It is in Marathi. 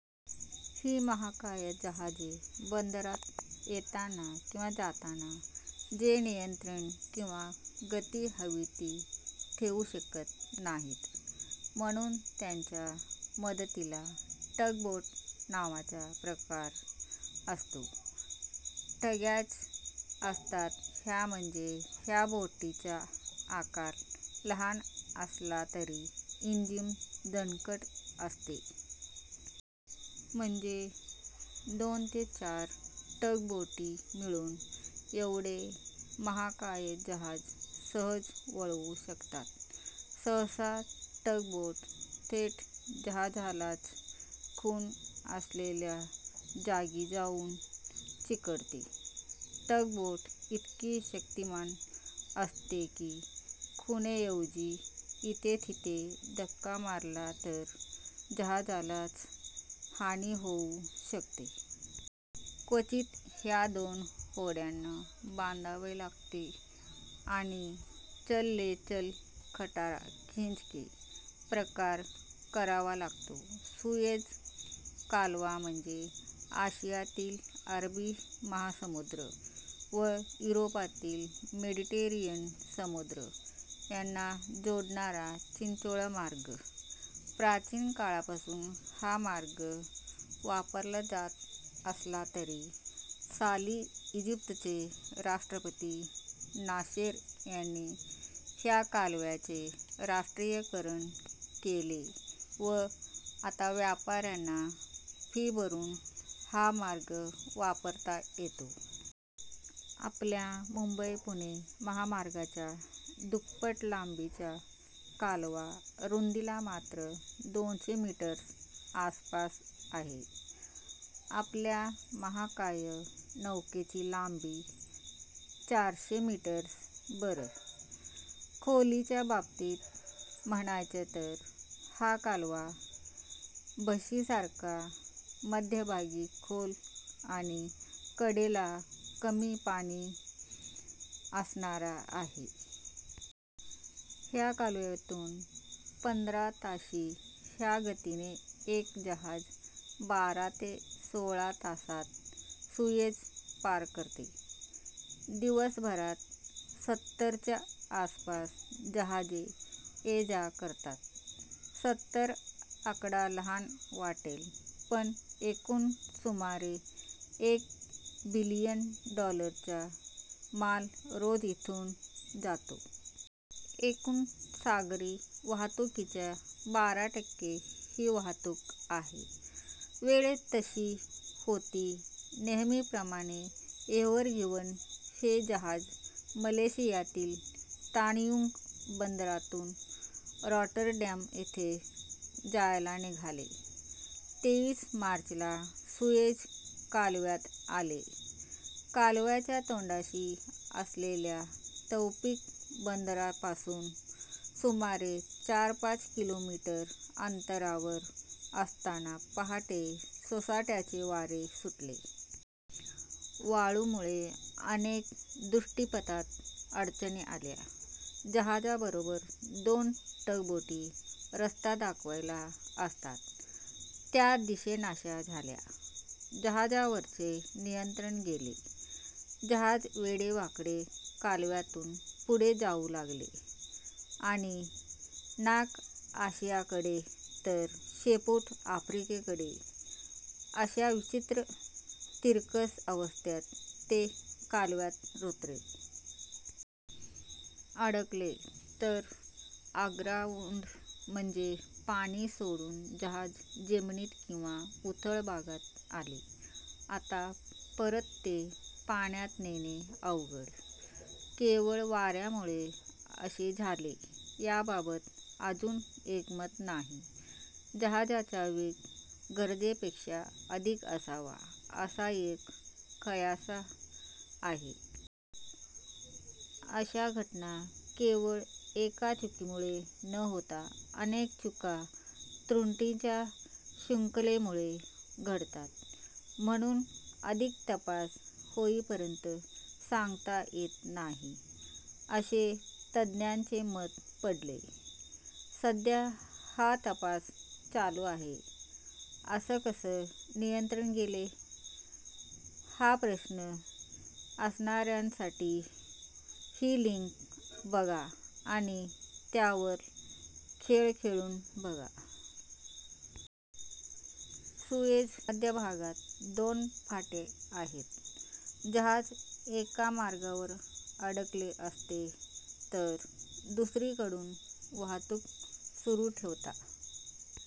ही महाकाय जहाजे बंदरात येताना किंवा जाताना जे नियंत्रण किंवा गती हवी ती ठेवू शकत नाहीत. म्हणून त्यांचा मदतीला टग बोट नावाचा प्रकार असतो. टग्याच असतात ह्या म्हणजे ह्या बोटीचा आकार लहान असला तरी इंजिन दणकट असते. म्हणजे दोन ते चार टग बोटी मिळून एवढे महाकाय जहाज सहज वळवू शकतात. सहसा टग बोट थेट जहाजालाच खूण असलेल्या जागी जाऊन चिकटते. टग बोट इतकी शक्तिमान असते की खुणेऐवजी इथे तिथे धक्का मारला तर जहाजालाच हानी होऊ शकते. क्वचित ह्या दोन होड्यांना बांधावे लागते आणि 'चल ले चल खटारा खिंच के' प्रकार करावा लागतो. सुएझ कालवा म्हणजे आशियातील अरबी महासामुद्र व युरोपातील मेडीटेरेनियन समुद्र यांना जोडणारा चिंचोळा मार्ग. प्राचीन काळापासून हा मार्ग वापरला जात असला तरी साली ईजिप्तचे राष्ट्रपती नासेर यांनी ह्या कालव्याचे राष्ट्रीयकरण केले व आता व्यापाऱ्यांना फी भरून हा मार्ग वापरता येतो. आपल्या मुंबई-पुणे महामार्गाच्या दुप्पट लांबीचा कालवा रुंदीला मात्र दोनशे मीटर्स आसपास आहे. आपल्या महाकाय नौकेची लांबी चारशे मीटर्स बरं! खोलीच्या बाबतीत म्हणायचं तर हा कालवा बशीसारखा मध्यभागी खोल आणि कडेला कमी पाणी असणारा आहे. ह्या कालव्यातून पंधरा ताशी ह्या गतीने एक जहाज बारा ते सोळा तासात सुएझ पार करते. दिवसभरात सत्तर च्या आसपास जहाजे ये-जा करतात. सत्तर आकडा लहान वाटेल पण एकूण सुमारे एक बिलियन डॉलरचा माल रोज इथून जातो. एकूण सागरी वाहतूकीच्या बारा टक्के ही वाहतूक आहे. ेळच तशी होती नेहमीप्रमाणे एव्हरगिव्हन हे जहाज मलेशियातील तानयुंग बंदरातून रॉटरडॅम येथे जायला निघाले. तेवीस मार्च ला सुएझ कालव्यात आले। कालव्याच्या तोंडाशी असलेल्या तौफीक बंदरापासून सुमारे चार-पाच किलोमीटर अंतरावर असताना पहाटे सोसाट्याचे वारे सुटले. वाळूमुळे अनेक दृष्टीपथात अडचणी आल्या, जहाजाबरोबर दोन टग बोटी रस्ता दाखवायला असतात त्या दिसेनाशा झाल्या. जहाजावरचे नियंत्रण गेले. जहाज वेडेवाकडे कालव्यातून पुढे जाऊ लागले. आणि नाक आशियाकडे तर शेपूट आफ्रिकेकडे अशा विचित्र तिरकस अवस्थेत ते कालव्यात रुतले. अडकले. "रन अग्राउंड" म्हणजे पाणी सोडून जहाज जमिनीत किंवा उथळ भागात आले. आता परत ते पाण्यात नेणे अवघड!! केवळ वाऱ्यामुळे असे झाले याबाबत अजून एकमत नाही. जहाजाचा वेग गरजेपेक्षा अधिक असावा असा एक कयास आहे. अशा घटना केवळ एका चुकीमुळे न होता अनेक चूका-त्रुटींचा शृखंलेमुळे घडतात. म्हणून अधिक तपास होईपर्यंत सांगता येत नाही असे तज्ज्ञांचे मत पडले. सध्या हा तपास चालू आहे. "असं कसं नियंत्रण गेलं? " हा प्रश्न असणाऱ्यांसाठी ही लिंक बघा आणि त्यावर खेळ खेळून बघा. सुएझ कालव्याला मध्यभागात दोन फाटे आहेत. जहाज एका मार्गावर अडकले असते तर दुसरीकडून वाहतूक सुरू ठेवता,--